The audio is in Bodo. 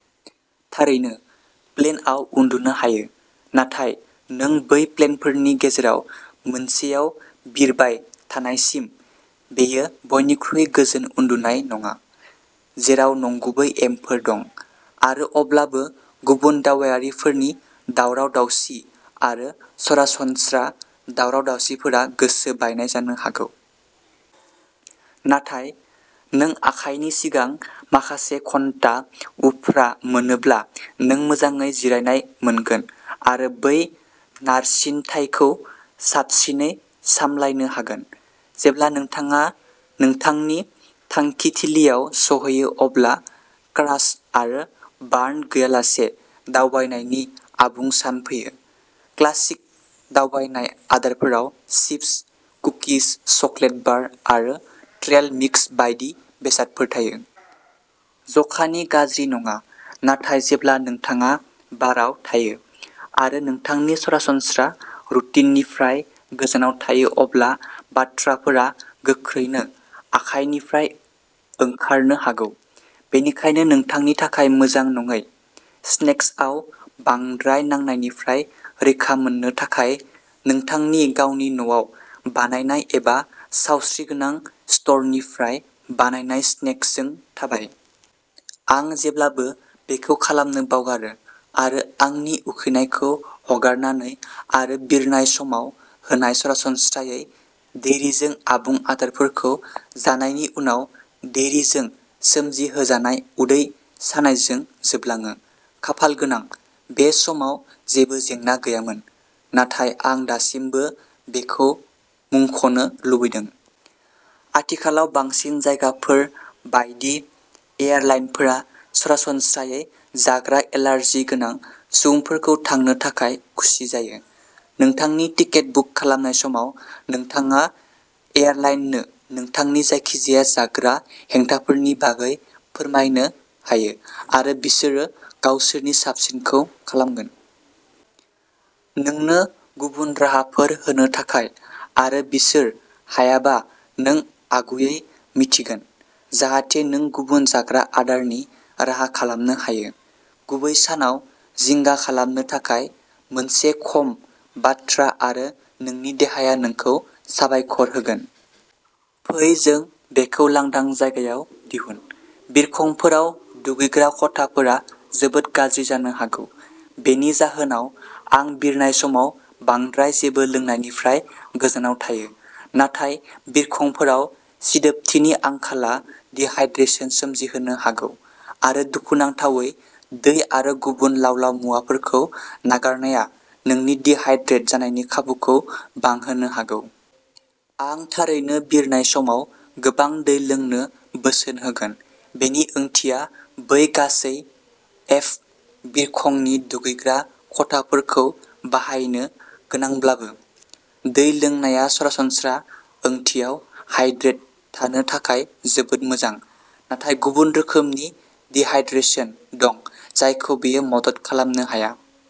थारैनो, प्लेनआव उन्दुनो हायो, नाथाय नों बै प्लेनफोरनि गेजेराव मोनसेआव बिरबाय थानायसिम बेयो बयनिख्रुइ गोजोन उन्दुनाय नङा, जेराव नंगुबै एमफोर दं। आरो अब्लाबो, गुबुन दावबायारिफोरनि दावराव-दावसि आरो सरासनस्रा दावराव-दावसिफोरा गोसो बायनाय जानो हागौ। नाथाय, नों आखाइनि सिगां माखासे घन्टा उफ्रा मोनोब्ला नों मोजाङै जिरायनाय मोनगोन आरो बै नारसिनथायखौ साबसिनै सामलायनो हागोन। जेब्ला नोंथाङा नोंथांनि थांखिथिलियाव सौहैयो अब्ला क्रास आरो बार्न गैयालासे दावबायनायनि आबुं सान फैयो। क्लासिक दावबायनाय आदारफोराव चिप्स, कुकिज, चकलेट बार आरो ट्रेल मिक्स बायदि बेसादफोर थायो। जखानि गाज्रि नङा, नाथाय जेब्ला नोंथाङा बाराव थायो आरो नोंथांनि सरासनस्रा रुटिननिफ्राय गोजानाव थायो अब्ला बाथ्राफोरा गोख्रैनो आखायनिफ्राय ओंखारनो हागौ। बेनिखायनो नोंथांनि थाखाय मोजां नङै स्नेक्सआव बांद्राय नांनायनिफ्राय रैखा मोननो थाखाय, नोंथांनि गावनि न'आव बानायनाय एबा सावस्रिगोनां स्ट'रनिफ्राय बायनाय स्नेक्सजों थाबाय। आं जेब्लाबो बेखौ खालामनो बावगारो आरो आंनि उखैनायखौ हगारनानै आरो बिरनाय समाव होनाय सरासनस्रायै डेयरीजों आबुं आदारफोरखौ जानायनि उनाव डेयरीजों सोमजिहोजानाय उदै सानायजों जोबलाङो। खाफालगोनांै, बे समाव जेबो जेंना गैयामोन, नाथाय आं दासिमबो बेखौ मुंख'नो लुबैदों। आथिखालाव बांसिन जायगाफोर बायदि, एयारलाइनफोरा सरासनस्रायै जाग्रा एलार्जि गोनां सुबुंफोरखौ थानो थाखाय खुसि जायो। नोंथांनि टिकेट बुक खालामनाय समाव, नोंथाङा एयारलाइननो नोंथांनि जायखिजाया जाग्रा हेंथाफोरनि बागै फोरमायनो हायो आरो बिसोरो गावसोरनि साबसिनखौ खालामगोन। नोंनो गुबुन राहाफोर होनो थाखाय। आरो बिसोर हायाबा नों आगुयै मिन्थिगोन जाहाथे नों गुबुन जाग्रा आदारनि राहा खालामनो हायो। गुबै सानाव जिंगा खालामनो थाखाय मोनसे खम बाथ्रा आरो नोंनि देहाया नोंखौ साबायखर होगोन। फै जों बेखौ लांदां जायगायाव दिहुनः बिरखंफोराव दुगैग्रा खथाफोरा जोबोद गाज्रि जानो हागौ। बेनि जाहोनाव, आं बिरनाय समाव बांद्राय जेबो लोंनायनिफ्राय गोजानाव थायो। नाथाय बिरखंफोराव सिदोबथिनि आंखालआ डिहाइड्रेशन सोमजिहोनो हागौ। आरो दुखुनांथावै, दै आरो गुबुन लाव-लाव मुवाफोरखौ नागारनाया नोंनि डिहाइड्रेटेड जानायनि खाबुखौ बांहोनो हागौ। आं थारैनो बिरनाय समाव गोबां दै लोंनो बोसोन होगोन। बेनि ओंथिया बै गासै एएफ बिरखंनि दुगैग्रा खथाफोरखौ बाहायनो गोनांब्लाबो। दै लोंनाया सरासनस्रा ओंथियाव हाइड्रेटेड थानो थाखाय जोबोद मोजां, नाथाय गुबुन रोखोमनि डिहाइड्रेशन दं जायखौ बेयो मदद खालामनो हाया।